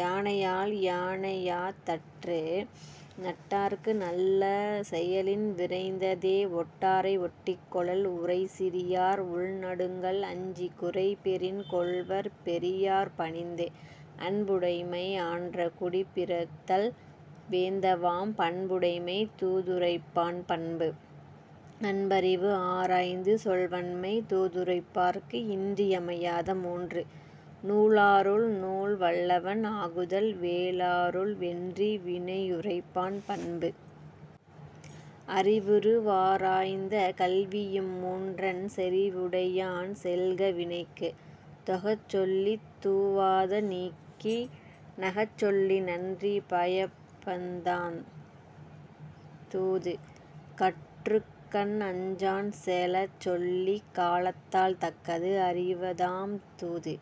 யானையால் யானையாத் தற்று. நட்டார்க்கு நல்ல செயலின் விரைந்ததே ஒட்டாரை ஒட்டிக் கொளல். உறைசிறியார் உள்நடுங்கல் அஞ்சிக் குறைபெறின் கொள்வர் பெரியார்ப் பணிந்து. அன்புடைமை ஆன்ற குடிப்பிறத்தல் வேந்தவாம் பண்புடைமை தூதுரைப்பான் பண்பு. அன்பறிவு ஆராய்ந்த சொல்வன்மை தூதுரைப்பார்க்கு இன்றி யமையாத மூன்று. நூலாருள் நூல்வல்லன் ஆகுதல் வேலாருள் வென்றி வினையுரைப்பான் பண்பு. அறிவுரு வாராய்ந்த கல்விஇம் மூன்றன் செறிவுடையான் செல்க வினைக்கு. தொகச் சொல்லித் தூவாத நீக்கி நகச்சொல்லி நன்றி பயப்பதாந் தூது. கற்றுக்கண் அஞ்சான் செலச்சொல்லிக் காலத்தால் தக்கது அறிவதாம் தூது.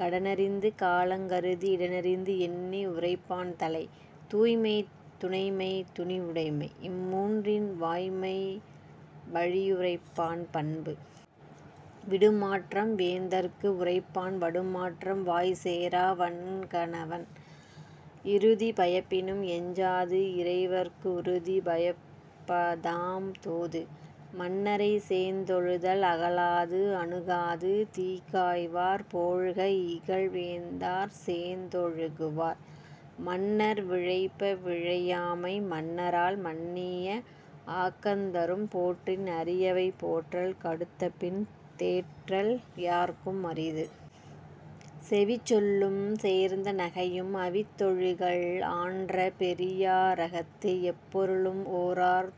கடனறிந்து காலங் கருதி இடனறிந்து எண்ணி உரைப்பான் தலை. தூய்மை துணைமை துணிவுடைமை இம்மூன்றின் வாய்மை வழியுரைப்பான் பண்பு. விடுமாற்றம் வேந்தர்க்கு உரைப்பான் வடுமாற்றம் வாய்சேரா வன்க ணவன். இறுதி பயப்பினும் எஞ்சாது இறைவற் கு உறுதி பயப்பதாம் தூது.. மன்னரைச் சேர்ந்தொழுதல் அகலாது அணுகாது தீக்காய்வார் போல்க இகல்வேந்தர்ச் சேர்ந்தொழுகு வார். மன்னர் விழைப விழையாமை மன்னரால் மன்னிய ஆக்கந் தரும். போற்றின் அரியவை போற்றல் கடுத்தபின் தேற்றல் யார்க்கும் அரிது. செவிச்சொல்லும் சேர்ந்த நகையும் அவித்தொழுகல் ஆன்ற பெரியா ரகத்து. எப்பொருளும் ஓரார்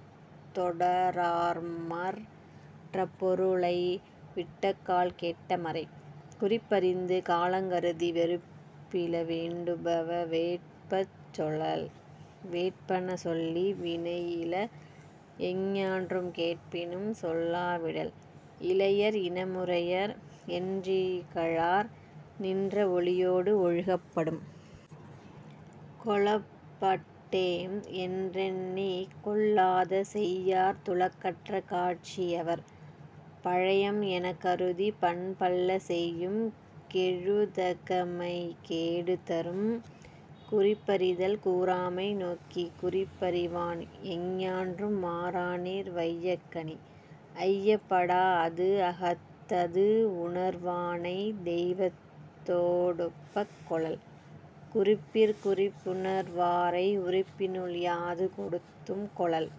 தொடரார்மற் றப்பொருளை விட்டக்கால் கேட்க மறை. குறிப்பறிந்து காலங் கருதி வெறுப்பில வேண்டுப வேட்பச் சொலல். வேட்பன சொல்லி வினையில எஞ்ஞான்றும் கேட்பினும் சொல்லா விடல். இளையர் இனமுறையர் என்றிகழார் நின்ற ஒளியோடு ஒழுகப் படும். கொளப்பட்டேம் என்றெண்ணிக் கொள்ளாத செய்யார் துளக்கற்ற காட்சி யவர். பழையம் எனக்கருதிப் பண்பல்ல செய்யும் கெழுதகைமை கேடு தரும்.. குறிப்பறிதல் கூறாமை நோக்கிக் குறிப்பறிவான் எஞ்ஞான்றும் மாறாநீர் வையக் கணி. ஐயப் படாஅது அகத்தது உணர்வானைத் தெய்வத்தோ டொப்பக் கொளல். குறிப்பிற் குறிப்புணர் வாரை உறுப்பினுள் யாது கொடுத்தும் கொளல்.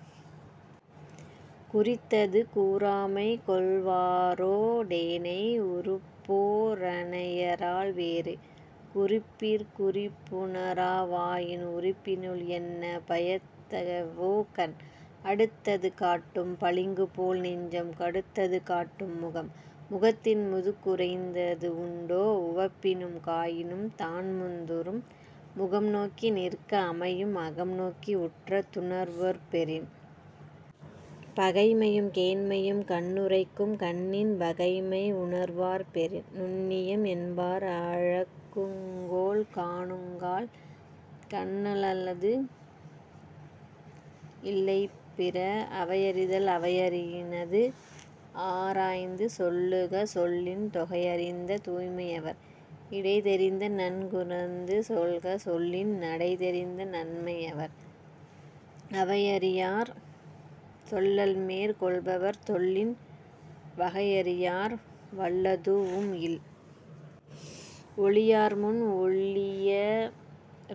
குறித்தது கூறாமைக் கொள்வாரோ டேனை உறுப்போ ரனையரால் வேறு. குறிப்பிற் குறிப்புணரா வாயின் உறுப்பினுள் என்ன பயத்தவோ கண்? அடுத்தது காட்டும் பளிங்குபோல் நெஞ்சம் கடுத்தது காட்டும் முகம். முகத்தின் முதுக்குறைந்தது உண்டோ உவப்பினும் காயினும் தான்முந் துறும். முகம்நோக்கி நிற்க அமையும் அகம்நோக்கி உற்ற துணர்வார்ப் பெறின். பகைமையும் கேண்மையும் கண்ணுரைக்கும் கண்ணின் வகைமை உணர்வார்ப் பெறின். நுண்ணியம் என்பார் அளக்குங்கோல் காணுங்கால் கண்ணல்லது இல்லை பிற.. அவையறிதல் அவையறிநது ஆராய்ந்து சொல்லுக சொல்லின் தொகையறிந்த தூய்மை யவர். இடைதெரிந்து நன்குணர்ந்து சொல்லுக சொல்லின் நடைதெரிந்த நன்மை யவர். அவையறியார் சொல்லல்மேற் கொள்பவர் சொல்லின் வகையறியார் வல்லதூஉம் இல். ஒளியார்முன் ஒள்ளிய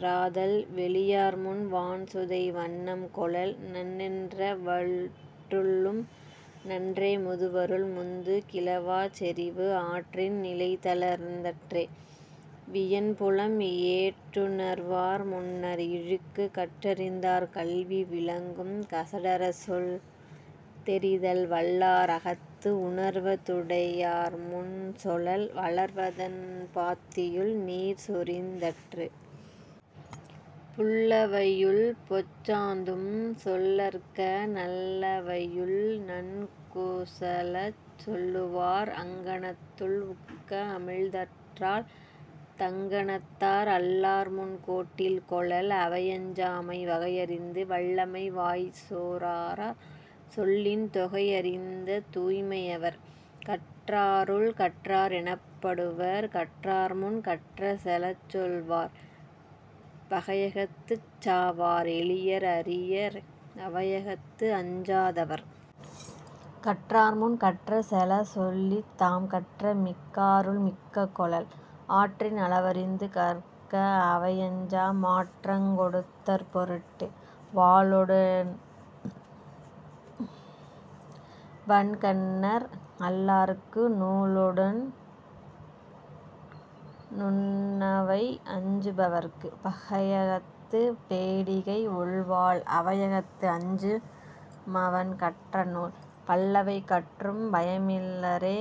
ராதல் வெளியார்முன் வான்சுதை வண்ணம் கொளல். நன்றென்ற வற்றுள்ளும் நன்றே முதுவருள் முந்து கிளவாச் செறிவு. ஆற்றின் நிலைதளர்ந் தற்றே வியன்புலம் ஏற்றுணர்வார் முன்னர் இழுக்கு. கற்றறிந்தார் கல்வி விளங்கும் கசடறச் சொல்தெரிதல் வல்லார் அகத்து. உணர்வ துடையார்முன் சொல்லல் வளர்வதன் பாத்தியுள் நீர்சொரிந் தற்று. புல்லவையுள் பொச்சாந்தும் சொல்லற்க நல்லவையுள் நன்குசலச் சொல்லு வார். அங்கணத்துள் உக்க அமிழ்தற்றால் தங்கணத்தார் அல்லார்முன் கோட்டி கொளல். அவையஞ்சாமை வகையறிந்து வல்லவை வாய்சோரார் சொல்லின் தொகையறிந்த தூய்மை யவர். கற்றாருள் கற்றார் எனப்படுவர் கற்றார்முன் கற்ற செலச்சொல்வ்வார். பகையகத்துச் சாவார் எளியர் அரியர் அவையகத்து அஞ்சா தவர். கற்றார்முன் கற்ற செலச்சொல்லித் தாம்கற்ற மிக்காருள் மிக்க கொளல். ஆற்றின் அளவறிந்து கற்க அவையஞ்சா மாற்றங் கொடுத்தற் பொருட்டு. வாளொடென் வன்கண்ணர் அல்லார்க்கு நூலொடென் நுண்ணவை அஞ்சு பவர்க்கு. பகையகத்துப் பேடிகை ஒள்வாள் அவையகத்து அஞ்சு மவன்கற்ற நூல். பல்லவை கற்றும் பயமிலரே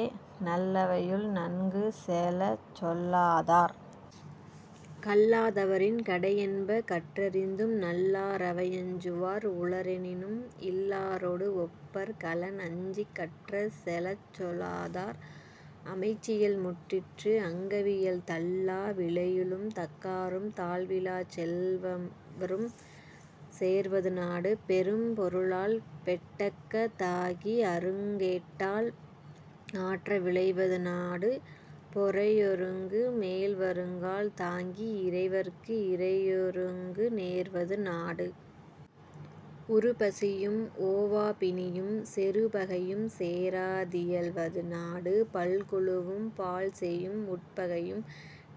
நல்லவையுள் நன்கு செலச்சொல்லா தார். கல்லா தவரின் கடையென்ப கற்றறிந்தும் நல்லா ரவையஞ்சு வார். உளரெனினும் இல்லாரொடு ஒப்பர் களன்அஞ்சிக் கற்ற செலச்சொல்லா தார். அமைச்சியல் முற்றிற்று அங்கவியல் தள்ளா விளையுளும் தக்காரும் தாழ்விலாச் செல்வம்வரும் சேர்வது நாடு. பெரும்பொருளால் பெட்டக்க தாகி அருங்கேட்டால் ஆற்ற விளைவது நாடு. பொறையொருங்கு மேல்வருங்கால் தாங்கி இறைவற்கு இறையொருங்கு நேர்வது நாடு. உறுபசியும் ஓவாப் பிணியும் செறுபகையும் சேரா தியல்வது நாடு. பல்குழுவும் பாழ்செய்யும் உட்பகையும்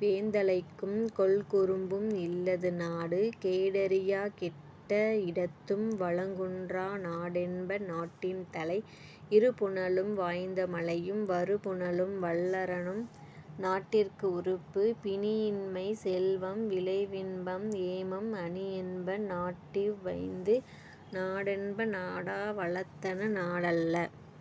வேந்தலைக்கும் கொல்குறும்பும் இல்லது நாடு. கேடறியாக் கெட்ட இடத்தும் வளங்குன்றா நாடென்ப நாட்டின் தலை. இருபுனலும் வாய்ந்த மலையும் வருபுனலும் வல்லரணும் நாட்டிற்கு உறுப்பு. பிணியின்மை செல்வம் விளைவின்பம் ஏமம் அணியென்ப நாட்டிவ் வைந்து. நாடென்ப நாடா வளத்தன நாடல்ல।